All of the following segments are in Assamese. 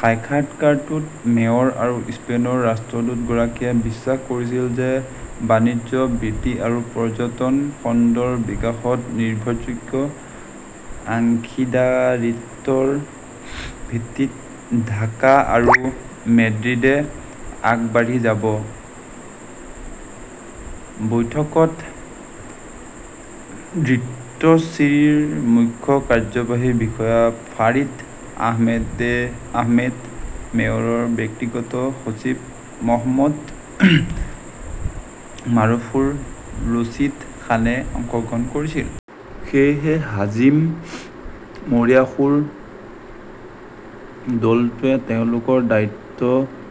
সাক্ষাৎকাৰটোত মেয়ৰ আৰু স্পেইনৰ ৰাষ্ট্ৰদূতগৰাকীয়ে বিশ্বাস কৰিছিল যে বাণিজ্য বৃদ্ধি আৰু পৰ্যটন খণ্ডৰ বিকাশত নিৰ্ভৰযোগ্য অংশীদাৰিত্বৰ ভিত্তিত ঢাকা আৰু মেড্ৰিডে আগবাঢ়ি যাব। বৈঠকত ডিএছচিচিৰ মুখ্য কাৰ্যবাহী বিষয়া ফাৰিদ আহমেদ, মেয়ৰৰ ব্যক্তিগত সচিব মহম্মদ মাৰুফুৰ ৰছিদ খানে অংশগ্ৰহণ কৰিছিল। সেয়েহে, হাজিম মৰিয়াসুৰ দলটোৱে তেওঁলোকৰ দায়িত্ব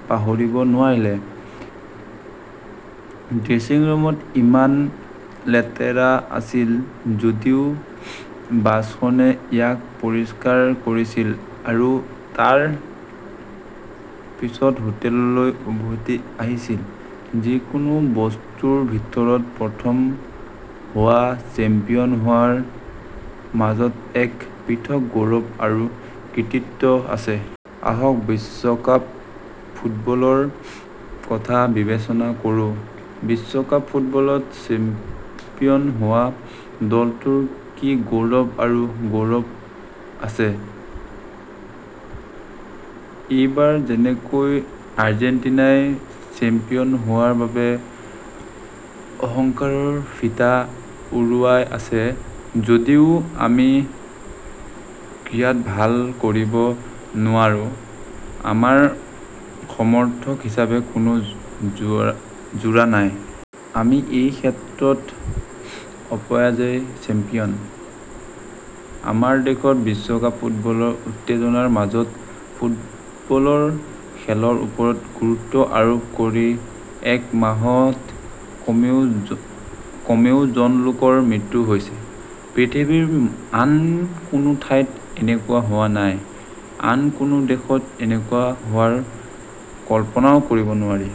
পাহৰিব নোৱাৰিলে। ড্ৰেছিং ৰুমত ইমান লেতেৰা আছিল যদিও বাছখনে ইয়াক পৰিষ্কাৰ কৰিছিল আৰু তাৰ পিছত হোটেললৈ উভতি আহিছিল। যিকোনো বস্তুৰ ভিতৰত প্ৰথম হোৱা, চেম্পিয়ন হোৱাৰ মাজত এক পৃথক গৌৰৱ বা কৃতিত্ব আছে। আহক বিশ্বকাপ ফুটবলৰ কথা বিবেচনা কৰো। বিশ্বকাপ ফুটবলত চেম্পিয়ন হোৱা দলটোৰ কি গৌৰৱ আৰু গৌৰৱ আছে! এইবাৰ যেনেকৈ আৰ্জেণ্টিনাই চেম্পিয়ন হোৱাৰ বাবে অহংকাৰৰ ফিতা উৰুৱাই আছে। যদিও আমি ক্ৰীড়াত ভাল কৰিব নোৱাৰো, আমাৰ সমৰ্থক হিচাপে কোনো যোৰা নাই। আমি এই ক্ষেত্ৰত অপৰাজেয় চেম্পিয়ন। আমাৰ দেশত বিশ্বকাপ ফুটবলৰ উত্তেজনাৰ মাজত, ফুটবলৰ খেলৰ ওপৰত গুৰুত্ব আৰোপ কৰি এক মাহত কমেও জন লোকৰ মৃত্যু হৈছে। পৃথিৱীৰ আন কোনো ঠাইত এনেকুৱা হোৱা নাই, আন কোনো দেশত এনেকুৱা হোৱাৰ কল্পনাও কৰিব নোৱাৰি।